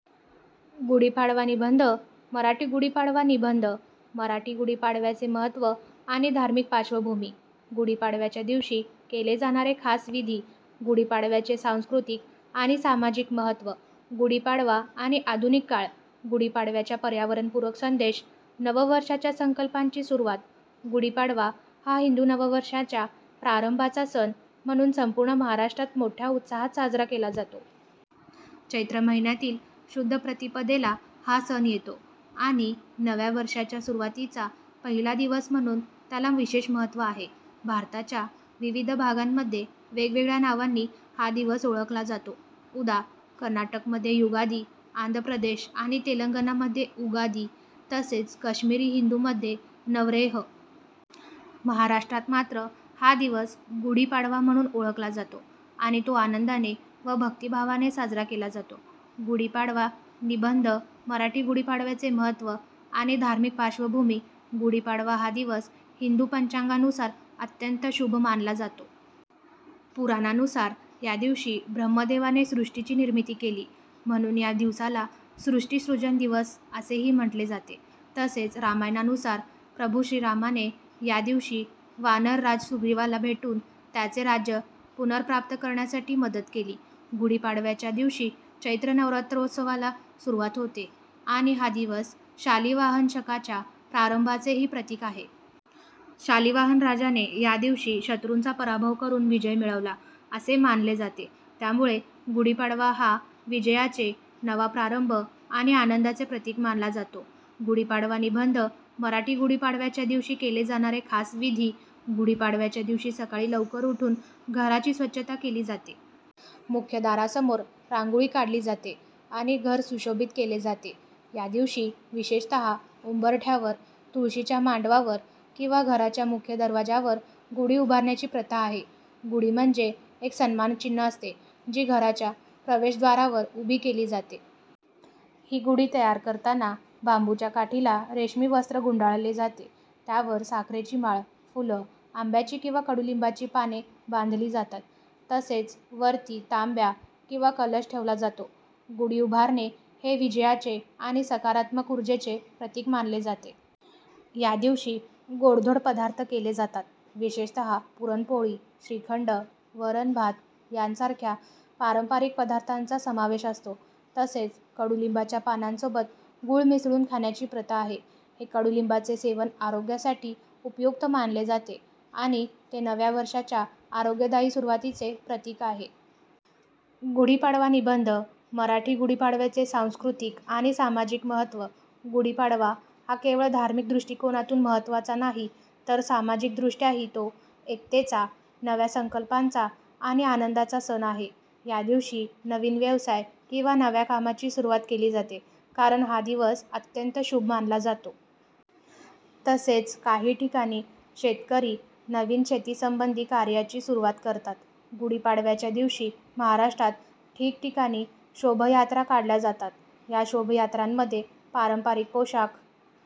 गुढीपाडवा निबंध मराठी गुढीपाडवा निबंध मराठी गुढीपाडव्याचे महत्त्व आणि धार्मिक पार्श्वभूमी गुढीपाडव्याच्या दिवशी केले जाणारे खास विधी गुढीपाडव्याचे सांस्कृतिक आणि सामाजिक महत्त्व गुढीपाडवा आणि आधुनिक काळ गुढीपाडव्याचा पर्यावरणपूरक संदेश नववर्षाच्या संकल्पांची सुरुवात गुढीपाडवा हा हिंदू नववर्षाच्या प्रारंभाचा सण म्हणून संपूर्ण महाराष्ट्रात मोठ्या उत्साहात साजरा केला जातो. चैत्र महिन्यातील शुद्ध प्रतिपदेला हा सण येतो आणि नव्या वर्षाच्या सुरुवातीचा पहिला दिवस म्हणून त्याला विशेष महत्त्व आहे. भारताच्या विविध भागांमध्ये वेगवेगळ्या नावांनी हा दिवस ओळखला जातो, उदा. कर्नाटकमध्ये युगादी, आंध्रप्रदेश आणि तेलंगणामध्ये उगादी, तसेच काश्मिरी हिंदूंमध्ये नवरेह. महाराष्ट्रात मात्र हा दिवस गुढीपाडवा म्हणून ओळखला जातो आणि तो आनंदाने व भक्तिभावाने साजरा केला जातो. गुढीपाडवा निबंध मराठी गुढीपाडव्याचे महत्त्व आणि धार्मिक पार्श्वभूमी गुढीपाडवा हा दिवस हिंदू पंचांगानुसार अत्यंत शुभ मानला जातो. पुराणांनुसार या दिवशी ब्रह्मदेवाने सृष्टीची निर्मिती केली, म्हणून या दिवसाला सृष्टी सृजन दिवस असेही म्हटले जाते. तसेच, रामायणानुसार प्रभू श्रीरामाने या दिवशी वानरराज सुग्रीवाला भेटून त्याचे राज्य पुनर्प्राप्त करण्यासाठी मदत केली. गुढीपाडव्याच्या दिवशी चैत्र नवरात्रोत्सवाला सुरुवात होते आणि हा दिवस शालिवाहन शकाच्या प्रारंभाचेही प्रतीक आहे. शालिवाहन राजाने या दिवशी शत्रूंचा पराभव करून विजय मिळवला, असे मानले जाते. त्यामुळे गुढीपाडवा हा विजयाचे, नवा प्रारंभ आणि आनंदाचे प्रतीक मानला जातो. गुढीपाडवा निबंध मराठी गुढीपाडव्याच्या दिवशी केले जाणारे खास विधी गुढीपाडव्याच्या दिवशी सकाळी लवकर उठून घराची स्वच्छता केली जाते. मुख्य दारासमोर रांगोळी काढली जाते आणि घर सुशोभित केले जाते. या दिवशी विशेषतः उंबरठ्यावर तुळशीच्या मांडवावर किंवा घराच्या मुख्य दरवाज्यावर गुढी उभारण्याची प्रथा आहे. गुढी म्हणजे एक सन्मानचिन्ह असते, जी घराच्या प्रवेशद्वारावर उभी केली जाते. ही गुढी तयार करताना बांबूच्या काठीला रेशमी वस्त्र गुंडाळले जाते, त्यावर साखरेची माळ, फुलं, आंब्याची आणि कडुलिंबाची पाने बांधली जातात, तसेच वरती तांब्या किंवा कलश ठेवला जातो. गुढी उभारणे हे विजयाचे आणि सकारात्मक ऊर्जेचे प्रतीक मानले जाते. या दिवशी गोडधोड पदार्थ केले जातात. विशेषतः पुरणपोळी, श्रीखंड, वरण भात यासारख्या पारंपरिक पदार्थांचा समावेश असतो. तसेच, कडुलिंबाच्या पानांसोबत गूळ मिसळून खाण्याची प्रथा आहे. हे कडुलिंबाचे सेवन आरोग्यासाठी उपयुक्त मानले जाते आणि ते नव्या वर्षाच्या आरोग्यदायी सुरुवातीचे प्रतीक आहे. गुढीपाडवा निबंध मराठी गुढीपाडव्याचे सांस्कृतिक आणि सामाजिक महत्त्व गुढीपाडवा हा केवळ धार्मिक दृष्टिकोनातून महत्त्वाचा नाही, तर सामाजिकदृष्ट्याही तो एकतेचा, नव्या संकल्पांचा आणि आनंदाचा सण आहे. या दिवशी नवीन व्यवसाय किंवा नव्या कामाची सुरुवात केली जाते, कारण हा दिवस अत्यंत शुभ मानला जातो. तसेच, काही ठिकाणी शेतकरी नवीन शेतीसंबंधी कार्यांची सुरुवात करतात. गुढीपाडव्याच्या दिवशी महाराष्ट्रात ठिकठिकाणी शोभायात्रा काढल्या जातात. या शोभायात्रांमध्ये पारंपरिक पोशाख